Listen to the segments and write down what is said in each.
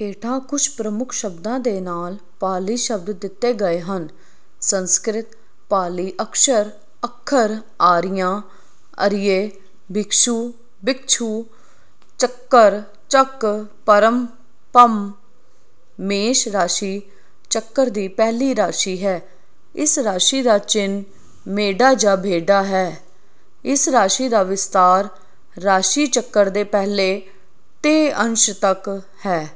ਹੇਠਾਂ ਕੁੱਝ ਪ੍ਰਮੁੱਖ ਸ਼ਬਦਾਂ ਦੇ ਨਾਲ ਪਾਲੀ ਸ਼ਬਦ ਦਿੱਤੇ ਗਏ ਹਨ। ਸੰਸਕ੍ਰਿਤ ਪਾਲੀ ਅਕਸ਼ਰ ਅੱਖਰ ਆਰੀਆ ਅਰਿਯ ਭਿਕਸ਼ੂ ਭਿੱਛੁ ਚੱਕਰ ਚੱਕ ਧਰਮ ਧੰਮ। ਮੇਸ਼ ਰਾਸ਼ੀ ਚੱਕਰ ਦੀ ਪਹਿਲੀ ਰਾਸ਼ੀ ਹੈ ਇਸ ਰਾਸ਼ੀ ਦਾ ਚਿੰਨ੍ਹ ਮੇਢਾ ਜਾਂ ਭੇਡਾ ਹੈ ਇਸ ਰਾਸ਼ੀ ਦਾ ਵਿਸਥਾਰ ਰਾਸ਼ੀ ਚੱਕਰ ਦੇ ਪਹਿਲੇ ਤੀਹ ਅੰਸ਼ ਤੱਕ ਹੈ।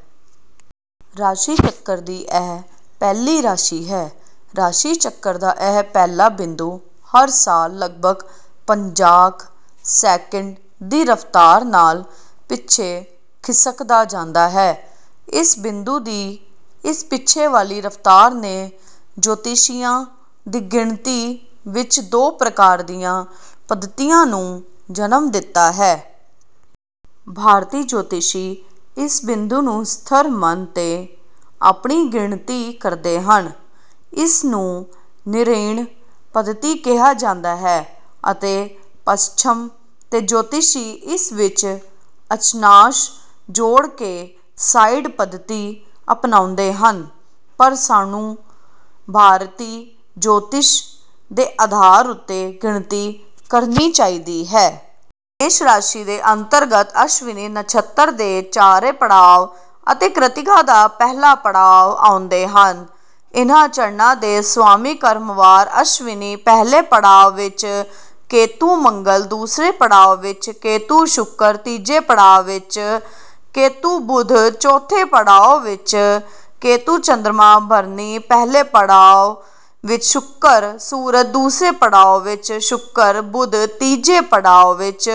ਰਾਸ਼ੀ ਚੱਕਰ ਦੀ ਇਹ ਪਹਿਲੀ ਰਾਸ਼ੀ ਹੈ। ਰਾਸ਼ੀ ਚੱਕਰ ਦਾ ਇਹ ਪਹਿਲਾ ਬਿੰਦੂ ਹਰ ਸਾਲ ਲਗਭੱਗ ਪੰਜਾਹ ਸੈਕੰਡ ਦੀ ਰਫਤਾਰ ਨਾਲ ਪਿੱਛੇ ਖਿਸਕਦਾ ਜਾਂਦਾ ਹੈ। ਇਸ ਬਿੰਦੂ ਦੀ ਇਸ ਪਿੱਛੇ ਵਾਲੀ ਰਫਤਾਰ ਨੇ ਜੋਤਿਸ਼ੀਆਂ ਦੀ ਗਿਣਤੀ ਵਿੱਚ ਦੋ ਪ੍ਰਕਾਰ ਦੀਆਂ ਪੱਧਤੀਆਂ ਨੂੰ ਜਨਮ ਦਿੱਤਾ ਹੈ। ਭਾਰਤੀ ਜੋਤਿਸ਼ੀ ਇਸ ਬਿੰਦੂ ਨੂੰ ਸਥਿਰ ਮੰਨ ਕੇ ਆਪਣੀ ਗਿਣਤੀ ਕਰਦੇ ਹਨ। ਇਸਨੂੰ ਨਿਰਇਣ ਪੱਧਤੀ ਕਿਹਾ ਜਾਂਦਾ ਹੈ। ਅਤੇ ਪੱਛਮ ਦੇ ਜੋਤਿਸ਼ੀ ਇਸ ਵਿੱਚ ਅਯਨਾਂਸ਼ ਜੋੜ ਕੇ ਸਾਇਨ ਪੱਧਤੀ ਅਪਣਾਉਂਦੇ ਹਨ। ਪਰ ਸਾਨੂੰ ਭਾਰਤੀ ਜੋਤਿਸ਼ ਦੇ ਆਧਾਰ ਉੱਤੇ ਗਿਣਤੀ ਕਰਨੀ ਚਾਹੀਦੀ ਹੈ। ਮੇਸ਼ ਰਾਸ਼ੀ ਦੇ ਅੰਤਰਗਤ ਅਸ਼ਵਿਨੀ ਨਛੱਤਰ ਦੇ ਚਾਰੇ ਪੜਾਅ ਅਤੇ ਕ੍ਰਿਤਿਕਾ ਦਾ ਪਹਿਲਾ ਪੜਾਅ ਆਉਂਦੇ ਹਨ। ਇਨ੍ਹਾਂ ਚਰਣਾਂ ਦੇ ਸਵਾਮੀ ਕ੍ਰਮਵਾਰ ਅਸ਼ਵਿਨੀ ਪਹਿਲੇ ਪੜਾਅ ਵਿੱਚ ਕੇਤੁ ਮੰਗਲ ਦੂਸਰਾ ਪੜਾਅ ਵਿੱਚ ਕੇਤੁ ਸ਼ੁਕਰ ਤੀਜੇ ਪੜਾਅ ਵਿੱਚ ਕੇਤੁ ਬੁੱਧ ਚੌਥਾ ਪੜਾਅ ਵਿੱਚ ਕੇਤੁ ਚੰਦਰਮਾ ਭਰਨੀ ਪਹਿਲੇ ਪੜਾਅ ਵਿੱਚ ਸ਼ੁਕਰ ਸੂਰਜ ਦੂਸਰੇ ਪੜਾਅ ਵਿੱਚ ਸ਼ੁਕਰ ਬੁੱਧ ਤੀਜੇ ਪੜਾਅ ਵਿੱਚ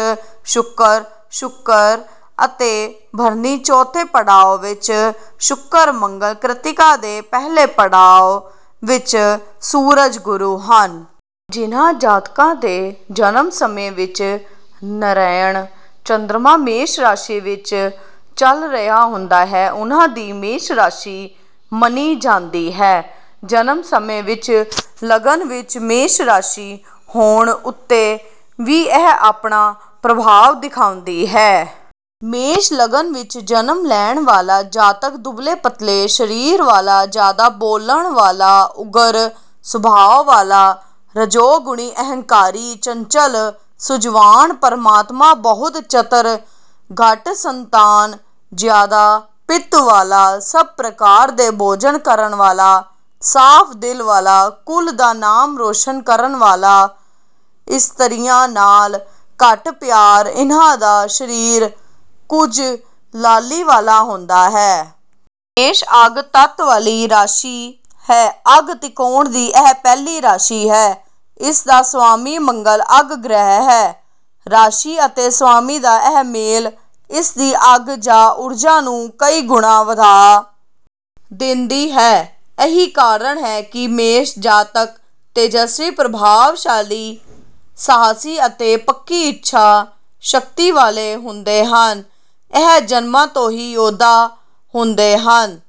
ਸ਼ੁਕਰ ਸ਼ੁਕਰ ਅਤੇ ਭਰਨੀ ਚੌਥਾ ਪੜਾਅ ਵਿੱਚ ਸ਼ੁਕਰ ਮੰਗਲ ਕ੍ਰਿਤਿਕਾ ਦੇ ਪਹਿਲੇ ਪੜਾਅ ਵਿੱਚ ਸੂਰਜ ਗੁਰੂ ਹਨ। ਜਿਨ੍ਹਾਂ ਜਾਤਕਾਂ ਦੇ ਜਨਮ ਸਮੇਂ ਵਿੱਚ ਨਿਰਇਣ ਚੰਦਰਮਾ ਮੇਸ਼ ਰਾਸ਼ੀ ਵਿੱਚ ਚਲ ਰਿਹਾ ਹੁੰਦਾ ਹੈ ਉਨ੍ਹਾਂ ਦੀ ਮੇਸ਼ ਰਾਸ਼ੀ ਮੰਨੀ ਜਾਂਦੀ ਹੈ ਜਨਮ ਸਮੇਂ ਵਿੱਚ ਲਗਨ ਵਿੱਚ ਮੇਸ਼ ਰਾਸ਼ੀ ਹੋਣ ਉੱਤੇ ਵੀ ਇਹ ਆਪਣਾ ਪ੍ਰਭਾਵ ਦਿਖਾਉਂਦੀ ਹੈ। ਮੇਸ਼ ਲਗਨ ਵਿੱਚ ਜਨਮ ਲੈਣ ਵਾਲਾ ਜਾਤਕ ਦੁਬਲੇ ਪਤਲੇ ਸਰੀਰ ਵਾਲਾ ਜਿਆਦਾ ਬੋਲਣ ਵਾਲਾ ਉਗਰ ਸੁਭਾਅ ਵਾਲਾ ਰਜੋਗੁਣੀ ਅਹੰਕਾਰੀ ਚੰਚਲ ਸੂਝਵਾਨ ਧਰਮਾਤਮਾ ਬਹੁਤ ਚਤੁਰ ਘੱਟ ਸੰਤਾਨ ਜਿਆਦਾ ਪਿੱਤ ਵਾਲਾ ਸਭ ਪ੍ਰਕਾਰ ਦੇ ਭੋਜਨ ਕਰਨ ਵਾਲਾ ਸਾਫ ਦਿਲ ਵਾਲਾ ਕੁਲ ਦਾ ਨਾਮ ਰੌਸ਼ਨ ਕਰਨ ਵਾਲਾ ਇਸਤਰੀਆਂ ਨਾਲ ਘੱਟ ਪਿਆਰ ਇਨ੍ਹਾਂ ਦਾ ਸਰੀਰ ਕੁੱਝ ਲਾਲੀ ਵਾਲਾ ਹੁੰਦਾ ਹੈ। ਮੇਸ਼ ਅੱਗ ਤੱਤ ਵਾਲੀ ਰਾਸ਼ੀ ਹੈ ਅੱਗ ਤਿਕੋਣ ਦੀ ਇਹ ਪਹਿਲੀ ਰਾਸ਼ੀ ਹੈ ਇਸਦਾ ਸਵਾਮੀ ਮੰਗਲ ਅੱਗ ਗ੍ਰਹਿ ਹੈ ਰਾਸ਼ੀ ਅਤੇ ਸਵਾਮੀ ਦਾ ਇਹ ਮੇਲ ਇਸਦੀ ਅੱਗ ਜਾਂ ਊਰਜਾ ਨੂੰ ਕਈ ਗੁਣਾ ਵਧਾ ਦਿੰਦੀ ਹੈ ਇਹੀ ਕਾਰਨ ਹੈ ਕਿ ਮੇਸ਼ ਜਾਤਕ ਤੇਜਸਵੀ ਪ੍ਰਭਾਵਸ਼ਾਲੀ ਸਾਹਸੀ ਅਤੇ ਪੱਕੀ ਇੱਛਾ ਸ਼ਕਤੀ ਵਾਲੇ ਹੁੰਦੇ ਹਨ ਇਹ ਜਨਮ ਤੋਂ ਹੀ ਯੋਧਾ ਹੁੰਦੇ ਹਨ